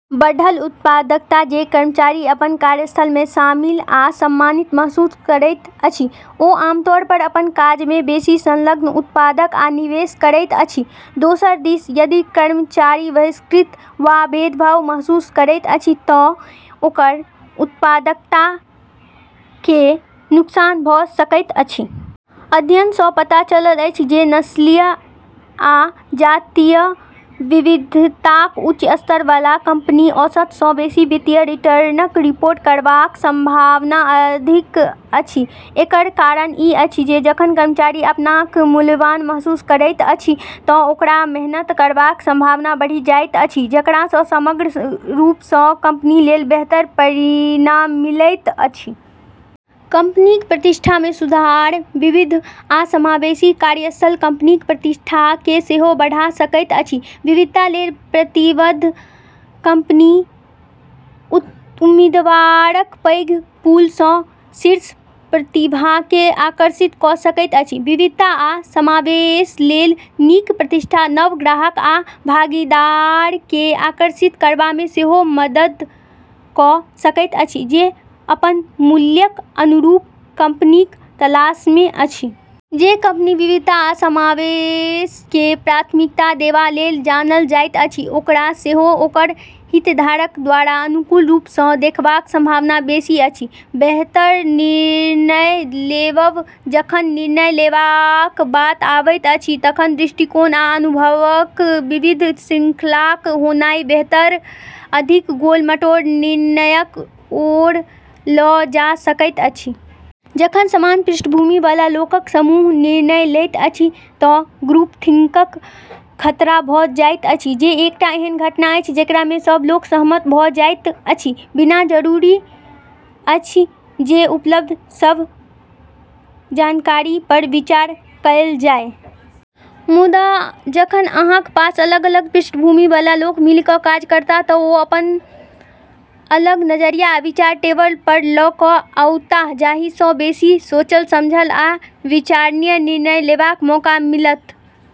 बढ़ल उत्पादकता जे कर्मचारी अपन कार्यस्थलमे शामिल आ सम्मानित महसूस करैत अछि, ओ आमतौर पर अपन काजमे बेसि संलग्न, उत्पादक आ निवेश करैत अछि। दोसर दिस यदि कर्मचारी बहिष्कृत वा भेदभाव महसूस करैत अछि तँ ओकर उत्पादकताकेँ नुकसान भ’ सकैत अछि। अध्ययन सँ पता चलल अछि जे नस्लीय आ जातीय विविधताक उच्च स्तर बला कंपनीमे औसत सँ अधिक वित्तीय रिटर्नक रिपोर्ट करबाक संभावना अधिक अछि। एकर कारण ई अछि जे जखन कर्मचारी अपनाकेँ मूल्यवान महसूस करैत अछि तँ ओकरा मेहनत करबाक संभावना बढ़ि जाइत अछि, जेकरा सँ समग्र रूप सँ कंपनी लेल बेहतर परिणाम मिलैत अछि। कंपनीक प्रतिष्ठामे सुधार विविध आ समावेशी कार्यस्थल कंपनीक प्रतिष्ठाकेँ सेहो बढ़ा सकैत अछि। विविधता लेल प्रतिबद्ध कंपनी उम्मीदवारक पैघ पूल सँ शीर्ष प्रतिभाकेँ आकर्षित क’ सकैत अछि। विविधता आ समावेश लेल नीक प्रतिष्ठा नव ग्राहक आ भागीदारकेँ आकर्षित करबामे सेहो मदद क’ सकैत अछि जे अपन मूल्यक अनुरूप कंपनीक तलाशमे अछि। जे कंपनी विविधता आ समावेशकेँ प्राथमिकता देबा लेल जानल जाइत अछि, ओकरा सेहो ओकर हितधारक द्वारा अनुकूल रूप सँ देखबाक संभावना बेसि अछि। बेहतर निर्णय लेबब जखन निर्णय लेबाक बात आवैत अछि तखन दृष्टिकोण आ अनुभवक विविध श्रृंखलाक होनाइ बेहतर, अधिक गोल-मटोल निर्णयक ओर ल’ जा सकैत अछि। जखन समान पृष्ठभूमि बला लोकक समूह निर्णय लैत अछि तँ ग्रुपथिंकक खतरा भ’ जाइत अछि, जे एकटा एहन घटना अछि, जेकरामे सभ लोक सहमत भ’ जाइत अछि, बिना जरूरी अछि जे उपलब्ध सभ जानकारी पर विचार कएल जाय। मुदा जखन अहाँक पास अलग-अलग पृष्ठभूमि बला लोक मिलि क’ काज करताह तँ ओ अपन अलग नजरिया आ विचार टेबल पर ल’ क’ आओताह, जाहि सँ बेसि सोचल-समझल आ विचारणीय निर्णय लेबाक मौका मिलत।